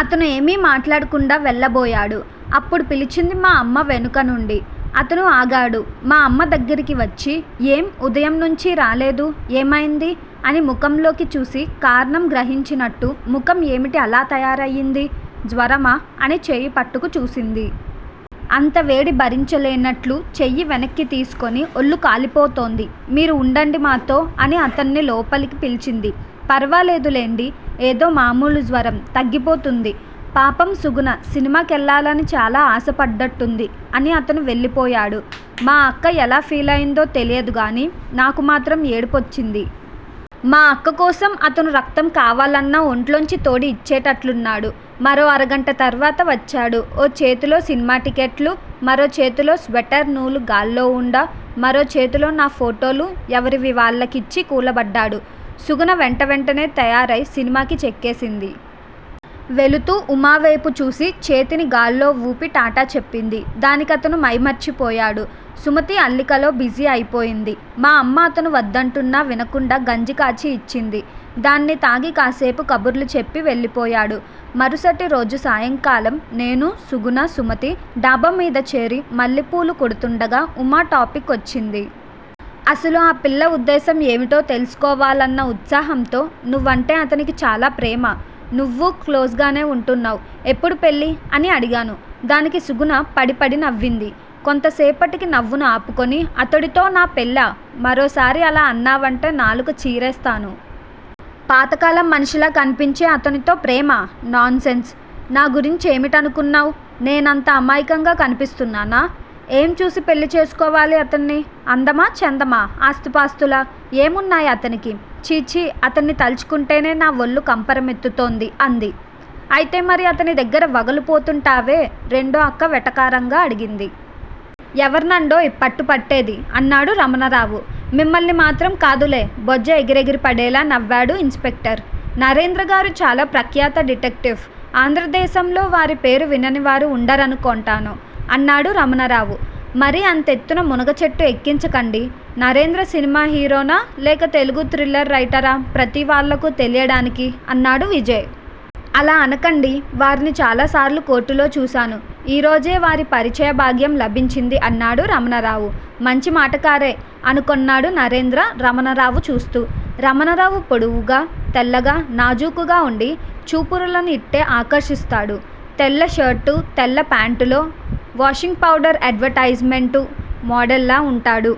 అతను ఏమీ మాట్లాడకుండా వెళ్ళబోయాడు. అప్పుడు పిలిచింది మా అమ్మ వెనుకనుండి. అతను ఆగాడు. మా అమ్మ దగ్గరికి వచ్చి ఏం ఉదయం నుంచీ రాలేదు. ఏమైంది? అని ముఖంలోకి చూసి కారణం గ్రహించినట్టు ముఖం ఏమిటి అలా తయారయింది? జ్వరమా? అని చేయి పట్టుకు చూసింది. అంత వేడి భరించలేనట్లు చేయి వెనక్కి తీసుకుని ఒళ్ళు కాలిపోతోంది. మీరు వుండండి మాతో అని అతన్ని లోపలికి పిలిచింది. ఫరవాలేదులెండి. ఏదో మామూలు జ్వరం. తగ్గిపోతుంది. పాపం సుగుణ సినిమాకెళ్ళాలని చాలా ఆశపడ్డట్టుంది అని అతను వెళ్ళిపోయాడు. మా అక్క ఎలా ఫీలయిందో తెలియదుగానీ నాకు మాత్రం ఏడుపోచ్చింది. మా అక్కకోసం అతను రక్తం కావాలన్నా ఒంట్లోంచి తోడి ఇచ్చేటట్లున్నాడు. మరో అరగంట తర్వత వచ్చాడు. ఓ చేతిలో సినిమా టిక్కెట్లు, మరో చేతిలో స్వెట్టర్ నూలు గాల్లో వుండ, మరో చేతిలో నా ఫోటోలు ఎవరివి వాళ్ళకిచ్చి కూలబడ్డాడు. సుగుణ వెంట వెంటనే తయారై సినిమాకి చెక్కేసింది. వెళుతూ ఉమా వేపు చూసి చేతిని గాల్లో వూపి టాటా చెప్పింది. దానికి అతను మైమరిచిపోయాడు. సుమతి అల్లికలో బిజీ అయిపోయింది. మా అమ్మ అతను వద్దంటున్నా వినకుండా గంజి కాచి ఇచ్చింది. దాన్ని తాగి కాసేపు కబుర్లు చెప్పి వెళ్ళిపోయాడు. మరుసటి రోజు సాయంకాలం నేనూ, సుగుణ, సుమతి డాబా మీద చేరి మల్లెపూలు కడుతుండగా ఉమా టాపిక్ వచ్చింది. అసలు ఆ పిల్ల ఉద్దేశ్యం ఏమిటో తెలుసుకోవాలన్న ఉత్సాహంతో నువ్వంటే అతనికి చాలా ప్రేమ. నువ్వూ క్లోజ్ గానే వుంటున్నావ్. ఎప్పుడు పెళ్ళి? అని అడిగాను. దానికి సుగుణ పడీ పడీ నవ్వింది. కొంతసేపటికి నవ్వును ఆపుకుని అతడితో నా పెళ్ళా? మరోసారి అలా అన్నావంటే నాలుక చీరేస్తాను. పాతకాలం మనిషిలా కనిపించే అతనితో ప్రేమా? నాన్సెన్స్. నా గురించి ఏమిటనుకున్నావ్? నేనంత అమాయకంగా కనిపిస్తున్నానా? ఏం చూసి పెళ్ళి చేసుకోవాలి అతన్ని? అందమా చందమా? ఆస్తిపాస్తులా? ఏం ఉన్నాయి అతనికి? ఛీఛీ అతన్ని తలుచుకుంటేనే నా ఒళ్ళు కంపర మెత్తుతోంది అంది. అయితే మరి అతని దగ్గర వగలు పోతుంటావే రెండో అక్క వెటకారంగా అడిగింది. ఎవర్నండోయ్ పట్టు పట్టేది? అన్నాడు రమణరావు. మిమ్మల్ని మాత్రం కాదులే బొజ్జ ఎగిరెగిరిపడేలా నవ్వాడు ఇన్ స్పెక్టర్. నరేంద్రగారు చాలా ప్రఖ్యాత డిటెక్టివ్. ఆంధ్రదేశంలో వారి పేరు వినని వారు ఉండరనుకొంటాను అన్నాడు రమణరావు. మరీ అంతెత్తున మునగచెట్టు ఎక్కించకండి. నరేంద్ర సినిమా హీరోనా లేక తెలుగు థ్రిల్లర్ రైటరా ప్రతి వాళ్ళకూ తెలియడానికి అన్నాడు విజయ్. అలా అనకండి. వారిని చాలాసార్లు కోర్టులో చూశాను. ఈరోజే వారి పరిచయ భాగ్యం లభించింది అన్నాడు రమణరావు. మంచిమాటకారే! అనుకొన్నాడు నరేంద్ర రమణరావు చూస్తూ. రమణరావు పొడవుగా, తెల్లగా, నాజూకుగా ఉండిచూపరులను ఇట్టే ఆకర్షిస్తాడు. తెల్లషర్టూ, తెల్ల ప్యాంటులో, washing powder advertisement model లా ఉంటాడు.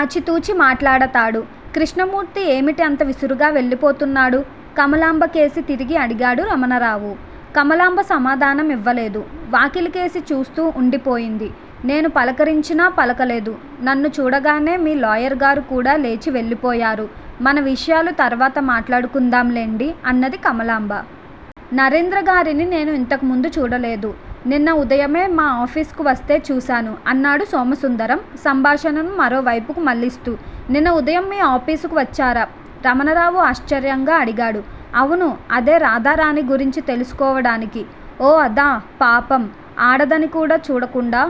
ఆచితూచి మాట్లాడతాడు. కృష్ణమూర్తి ఏమిటి అంత విసురుగా వెళ్ళిపోతున్నాడు? కమలాంబ కేసి తిరిగి అడిగాడు రమణరావు. కమలాంబ సమాధానం ఇవ్వలేదు. వాకిలి కేసి చూస్తూ ఉండి పోయింది. నేను పలకరించినా పలకలేదు. నన్ను చూడగానే మీ లాయర్ గారు కూడా లేచి వెళ్ళిపోయారు? మన విషయాలు తర్వాత మాట్లాడుకుందాంలెండి అన్నది కమలాంబ. నరేంద్రగారిని నేను ఇంతకు ముందు చూడలేదు. నిన్న ఉదయమే మా ఆఫీసుకు వస్తే చూశాను అన్నాడు సోమసుందరం సంభాషణను మరో వైపుకు మళ్ళిస్తూ. నిన్న ఉదయం మీ ఆపీసుకు వచ్చారా? రమణరావు ఆశ్చర్యంగా అడిగాడు. అవును. అదే రాధారాణి గురించి తెలుసుకోవడానికి ఓ అదా! పాపం! ఆడదని కూడా చూడకుండా